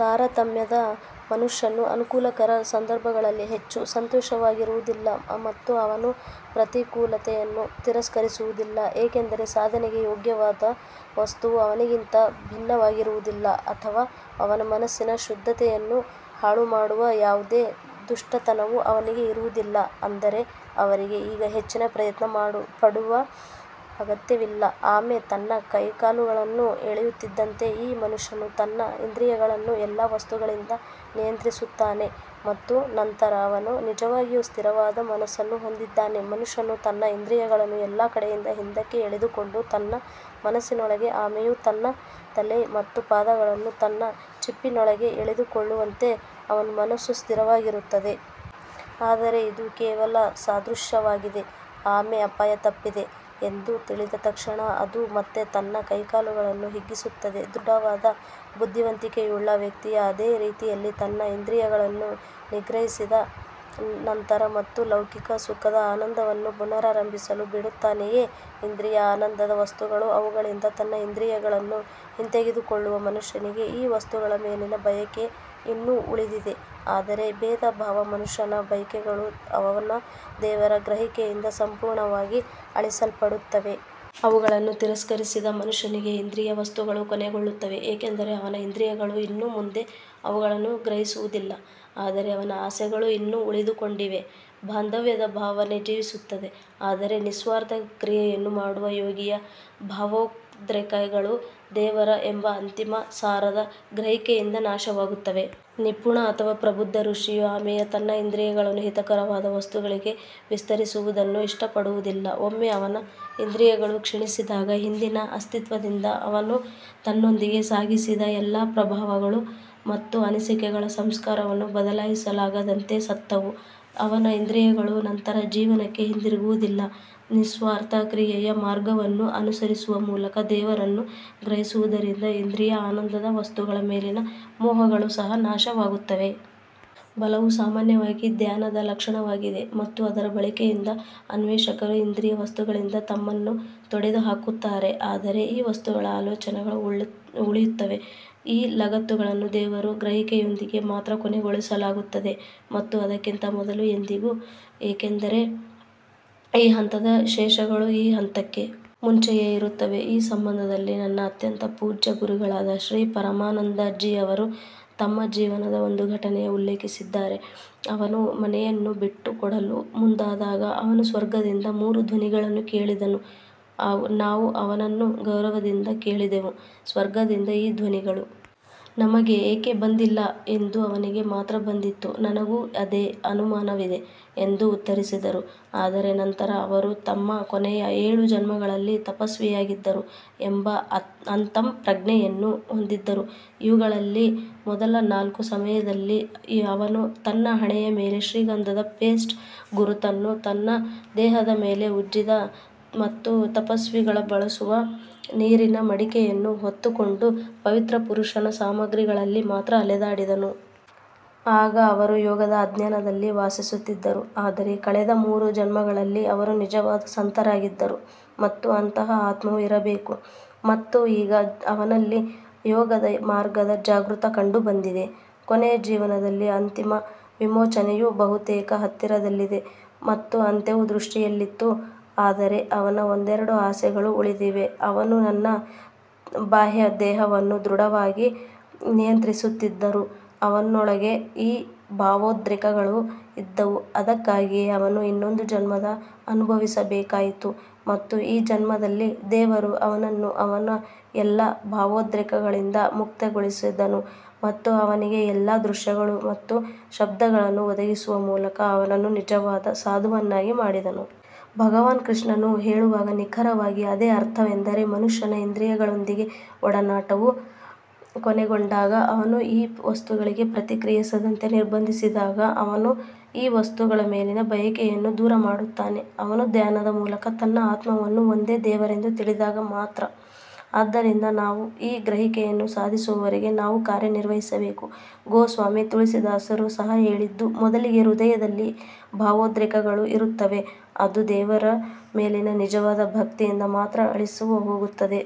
ತಾರತಮ್ಯದ ಮನುಷ್ಯನು ಅನುಕೂಲಕರ ಸಂದರ್ಭಗಳಲ್ಲಿ ಹೆಚ್ಚು ಸಂತೋಷವಾಗಿರುವುದಿಲ್ಲ ಮತ್ತು ಅವನು ಪ್ರತಿಕೂಲತೆಯನ್ನು ತಿರಸ್ಕರಿಸುವುದಿಲ್ಲ ಏಕೆಂದರೆ ಸಾಧನೆಗೆ ಯೋಗ್ಯವಾದ ವಸ್ತುವು ಅವನಿಗಿಂತ ಭಿನ್ನವಾಗಿರುವುದಿಲ್ಲ ಅಥವಾ ಅವನ ಮನಸ್ಸಿನ ಶುದ್ಧತೆಯನ್ನು ಹಾಳುಮಾಡುವ ಯಾವುದೇ ದುಷ್ಟತನವು ಅವನಿಗೆ ಇರುವುದಿಲ್ಲ. ಅಂದರೆ ಅವರಿಗೆ ಈಗ ಹೆಚ್ಚಿನ ಪ್ರಯತ್ನ ಪಡುವ ಅಗತ್ಯವಿಲ್ಲ ಆಮೆ ತನ್ನ ಕೈಕಾಲುಗಳನ್ನು ಎಳೆಯುತ್ತಿದ್ದಂತೆ ಈ ಮನುಷ್ಯನು ತನ್ನ ಇಂದ್ರಿಯಗಳನ್ನು ಎಲ್ಲಾ ವಸ್ತುಗಳಿಂದ ನಿಯಂತ್ರಿಸುತ್ತಾನೆ ಮತ್ತು ನಂತರ ಅವನು ನಿಜವಾಗಿಯೂ ಸ್ಥಿರವಾದ ಮನಸ್ಸನ್ನು ಹೊಂದಿದ್ದಾನೆ ಮನುಷ್ಯನು ತನ್ನ ಇಂದ್ರಿಯಗಳನ್ನು ಎಲ್ಲಾ ಕಡೆಯಿಂದ ಹಿಂದಕ್ಕೆ ಎಳೆದುಕೊಂಡು ತನ್ನ ಮನಸ್ಸಿನೊಳಗೆ ಆಮೆಯು ತನ್ನ ತಲೆ ಮತ್ತು ಪಾದಗಳನ್ನು ತನ್ನ ಚಿಪ್ಪಿನೊಳಗೆ ಎಳೆದುಕೊಳ್ಳುವಂತೆ ಅವನ ಮನಸ್ಸು ಸ್ಥಿರವಾಗಿರುತ್ತದೆ. ಆದರೆ ಇದು ಕೇವಲ ಸಾದೃಶ್ಯವಾಗಿದೆ ಆಮೆ ಅಪಾಯ ತಪ್ಪಿದೆ ಎಂದು ತಿಳಿದ ತಕ್ಷಣ ಅದು ಮತ್ತೆ ತನ್ನ ಕೈಕಾಲುಗಳನ್ನು ಹಿಗ್ಗಿಸುತ್ತದೆ ದೃಢವಾದ ಬುದ್ಧಿವಂತಿಕೆಯುಳ್ಳ ವ್ಯಕ್ತಿಯು ಅದೇ ರೀತಿಯಲ್ಲಿ ತನ್ನ ಇಂದ್ರಿಯಗಳನ್ನು ನಿಗ್ರಹಿಸಿದ ನಂತರ ಮತ್ತು ಲೌಕಿಕ ಸುಖದ ಆನಂದವನ್ನು ಪುನರಾರಂಭಿಸಲು ಬಿಡುತ್ತಾನೆಯೇ? ಇಂದ್ರಿಯ ಆನಂದದ ವಸ್ತುಗಳು ಅವುಗಳಿಂದ ತನ್ನ ಇಂದ್ರಿಯಗಳನ್ನು ಹಿಂತೆಗೆದುಕೊಳ್ಳುವ ಮನುಷ್ಯನಿಗೆ ಈ ವಸ್ತುಗಳ ಮೇಲಿನ ಬಯಕೆ ಇನ್ನೂ ಉಳಿದಿದೆ ಆದರೆ ಭೇದಭಾವದ ಮನುಷ್ಯನ ಬಯಕೆಗಳು ಅವನ ದೇವರ ಗ್ರಹಿಕೆಯಿಂದ ಸಂಪೂರ್ಣವಾಗಿ ಅಳಿಸಲ್ಪಡುತ್ತವೆ. ಅವುಗಳನ್ನು ತಿರಸ್ಕರಿಸಿದ ಮನುಷ್ಯನಿಗೆ ಇಂದ್ರಿಯ ವಸ್ತುಗಳು ಕೊನೆಗೊಳ್ಳುತ್ತವೆ ಏಕೆಂದರೆ ಅವನ ಇಂದ್ರಿಯಗಳು ಇನ್ನು ಮುಂದೆ ಅವುಗಳನ್ನು ಗ್ರಹಿಸುವುದಿಲ್ಲ ಆದರೆ ಅವನ ಆಸೆಗಳು ಇನ್ನೂ ಉಳಿದುಕೊಂಡಿವೆ. ಬಾಂಧವ್ಯದ ಭಾವನೆ ಜೀವಿಸುತ್ತದೆ ಆದರೆ ನಿಸ್ವಾರ್ಥ ಕ್ರಿಯೆಯನ್ನು ಮಾಡುವ ಯೋಗಿಯ ಭಾವೋದ್ರೇಕಗಳು ದೇವರು ಎಂಬ ಅಂತಿಮ ಸಾರದ ಗ್ರಹಿಕೆಯಿಂದ ನಾಶವಾಗುತ್ತವೆ. ನಿಪುಣ ಅಥವಾ ಪ್ರಬುದ್ಧ ಋಷಿಯು ಆಮೆಯು ತನ್ನ ಇಂದ್ರಿಯಗಳನ್ನು ಹಿತಕರವಾದ ವಸ್ತುಗಳಿಗೆ ವಿಸ್ತರಿಸುವುದನ್ನು ಇಷ್ಟಪಡುವುದಿಲ್ಲ. ಒಮ್ಮೆ ಅವನ ಇಂದ್ರಿಯಗಳು ಕ್ಷೀಣಿಸಿದಾಗ, ಹಿಂದಿನ ಅಸ್ತಿತ್ವದಿಂದ ಅವನು ತನ್ನೊಂದಿಗೆ ಸಾಗಿಸಿದ ಎಲ್ಲಾ ಪ್ರಭಾವಗಳು ಮತ್ತು ಅನಿಸಿಕೆಗಳು ಸಂಸ್ಕಾರವನ್ನು ಬದಲಾಯಿಸಲಾಗದಂತೆ ಸತ್ತವು. ಅವನ ಇಂದ್ರಿಯಗಳು ನಂತರ ಜೀವನಕ್ಕೆ ಹಿಂತಿರುಗುವುದಿಲ್ಲ ನಿಸ್ವಾರ್ಥ ಕ್ರಿಯೆಯ ಮಾರ್ಗವನ್ನು ಅನುಸರಿಸುವ ಮೂಲಕ ದೇವರನ್ನು ಗ್ರಹಿಸುವುದರಿಂದ ಇಂದ್ರಿಯ ಆನಂದದ ವಸ್ತುಗಳ ಮೇಲಿನ ಮೋಹಗಳು ಸಹ ನಾಶವಾಗುತ್ತವೆ. ಬಲವು ಸಾಮಾನ್ಯವಾಗಿ ಧ್ಯಾನದ ಲಕ್ಷಣವಾಗಿದೆ ಮತ್ತು ಅದರ ಬಳಕೆಯಿಂದ ಅನ್ವೇಷಕರು ಇಂದ್ರಿಯ ವಸ್ತುಗಳಿಂದ ತಮ್ಮನ್ನು ತೊಡೆದುಹಾಕುತ್ತಾರೆ ಆದರೆ ಈ ವಸ್ತುಗಳ ಆಲೋಚನೆಗಳು ಉಳಿಯುತ್ತವೆ ಈ ಲಗತ್ತುಗಳನ್ನು ದೇವರ ಗ್ರಹಿಕೆಯೊಂದಿಗೆ ಮಾತ್ರ ಕೊನೆಗೊಳಿಸಲಾಗುತ್ತದೆ ಮತ್ತು ಅದಕ್ಕಿಂತ ಮೊದಲು ಎಂದಿಗೂ ಏಕೆಂದರೆ ಈ ಹಂತದ ಶೇಷಗಳು ಈ ಹಂತಕ್ಕೆ ಮುಂಚೆಯೇ ಇರುತ್ತವೆ ಈ ಸಂಬಂಧದಲ್ಲಿ ನನ್ನ ಅತ್ಯಂತ ಪೂಜ್ಯ ಗುರುಗಳಾದ ಶ್ರೀ ಪರಮಾನಂದ ಜಿ ಅವರು ತಮ್ಮ ಜೀವನದ ಒಂದು ಘಟನೆಯನ್ನು ಉಲ್ಲೇಖಿಸುತ್ತಿದ್ದರು ಅವನು ಮನೆಯನ್ನು ಬಿಟ್ಟುಕೊಡಲು ಮುಂದಾದಾಗ ಅವನು ಸ್ವರ್ಗದಿಂದ ಮೂರು ಧ್ವನಿಗಳನ್ನು ಕೇಳಿದನು ನಾವು ಅವನನ್ನು ಗೌರವದಿಂದ ಕೇಳಿದೆವು ಸ್ವರ್ಗದಿಂದ ಈ ಧ್ವನಿಗಳು ನಮಗೆ ಏಕೆ ಬಂದಿಲ್ಲ ಎಂದು ಅವನಿಗೆ ಮಾತ್ರ ಬಂದಿತು ನನಗೂ ಅದೇ ಅನುಮಾನವಿದೆ ಎಂದು ಉತ್ತರಿಸಿದರು ಆದರೆ ನಂತರ ಅವರು ತಮ್ಮ ಕೊನೆಯ ಏಳು ಜನ್ಮಗಳಲ್ಲಿ ತಪಸ್ವಿಯಾಗಿದ್ದರು ಎಂಬ ಅಂತಃಪ್ರಜ್ಞೆಯನ್ನು ಹೊಂದಿದ್ದರು ಇವುಗಳಲ್ಲಿ ಮೊದಲ ನಾಲ್ಕು ಸಮಯದಲ್ಲಿ ಅವನು ತನ್ನ ಹಣೆಯ ಮೇಲೆ ಶ್ರೀಗಂಧದ ಪೇಸ್ಟ್ ಗುರುತನ್ನು ತನ್ನ ದೇಹದ ಮೇಲೆ ಉಜ್ಜಿದ ಮತ್ತು ತಪಸ್ವಿಗಳು ಬಳಸುವ ನೀರಿನ ಮಡಕೆಯನ್ನು ಹೊತ್ತುಕೊಂಡು ಪವಿತ್ರ ಪುರುಷನ ಸಾಮಾಗ್ರಿಗಳಲ್ಲಿ ಮಾತ್ರ ಅಲೆದಾಡಿದನು. ಆಗ ಅವರು ಯೋಗದ ಅಜ್ಞಾನದಲ್ಲಿ ವಾಸಿಸುತ್ತಿದ್ದರು ಆದರೆ ಕಳೆದ ಮೂರು ಜನ್ಮಗಳಲ್ಲಿ ಅವರು ನಿಜವಾದ ಸಂತರಾಗಿದ್ದರು ಮತ್ತು ಅಂತಹ ಆತ್ಮವು ಇರಬೇಕು ಮತ್ತು ಈಗ ಅವನಲ್ಲಿ ಯೋಗದ ಮಾರ್ಗದ ಜಾಗೃತಿ ಕಂಡುಬಂದಿದೆ. ಕೊನೆಯ ಜೀವನದಲ್ಲಿ ಅಂತಿಮ ವಿಮೋಚನೆಯು ಬಹುತೇಕ ಹತ್ತಿರದಲ್ಲಿದೆ ಮತ್ತು ಅಂತ್ಯವು ದೃಷ್ಟಿಯಲ್ಲಿತ್ತು ಆದರೆ ಅವನ ಒಂದೆರಡು ಆಸೆಗಳು ಉಳಿದಿವೆ ಅವನು ತನ್ನ ಬಾಹ್ಯ ದೇಹವನ್ನು ದೃಢವಾಗಿ ನಿಯಂತ್ರಿಸುತ್ತಿದ್ದರೂ ಅವನೊಳಗೆ ಈ ಭಾವೋದ್ರೇಕಗಳು ಇದ್ದವು ಅದಕ್ಕಾಗಿಯೇ ಅವನು ಇನ್ನೊಂದು ಜನ್ಮವನ್ನು ಅನುಭವಿಸಬೇಕಾಯಿತು ಮತ್ತು ಈ ಜನ್ಮದಲ್ಲಿ ದೇವರು ಅವನನ್ನು ಅವನ ಎಲ್ಲಾ ಭಾವೋದ್ರೇಕಗಳಿಂದ ಮುಕ್ತಗೊಳಿಸಿದನು ಮತ್ತು ಅವನಿಗೆ ಎಲ್ಲಾ ದೃಶ್ಯಗಳು ಮತ್ತು ಶಬ್ದಗಳನ್ನು ಒದಗಿಸುವ ಮೂಲಕ ಅವನನ್ನು ನಿಜವಾದ ಸಾಧುವನ್ನಾಗಿ ಮಾಡಿದನು. ಭಗವಾನ್ ಕೃಷ್ಣನು ಹೇಳುವಾಗ ನಿಖರವಾಗಿ ಅದೇ ಅರ್ಥವೆಂದರೆ ಮನುಷ್ಯನು ಇಂದ್ರಿಯಗಳೊಂದಿಗಿನ ಒಡನಾಟವು ಕೊನೆಗೊಂಡಾಗ ಅವನು ಈ ವಸ್ತುಗಳಿಗೆ ಪ್ರತಿಕ್ರಿಯಿಸದಂತೆ ನಿರ್ಬಂಧಿಸಿದಾಗ ಅವನು ಈ ವಸ್ತುಗಳ ಮೇಲಿನ ಬಯಕೆಯನ್ನು ದೂರಮಾಡುತ್ತಾನೆ, ಅವನು ಧ್ಯಾನದ ಮೂಲಕ ತನ್ನ ಆತ್ಮವನ್ನು ಒಂದೇ ದೇವರೆಂದು ತಿಳಿದಾಗ ಮಾತ್ರ. ಆದ್ದರಿಂದ ನಾವು ಈ ಗ್ರಹಿಕೆಯನ್ನು ಸಾಧಿಸುವವರೆಗೆ ನಾವು ಕಾರ್ಯನಿರ್ವಹಿಸಬೇಕು ಗೋಸ್ವಾಮಿ ತುಳಸಿದಾಸರು ಸಹ ಹೇಳಿದ್ದು, ಮೊದಲಿಗೆ ಹೃದಯದಲ್ಲಿ ಭಾವೋದ್ರೇಕಗಳು ಇರುತ್ತವೆ, ಅದು ದೇವರ ಮೇಲಿನ ನಿಜವಾದ ಭಕ್ತಿಯಿಂದ ಮಾತ್ರ ಅಳಿಸಿಹೋಗುತ್ತದೆ.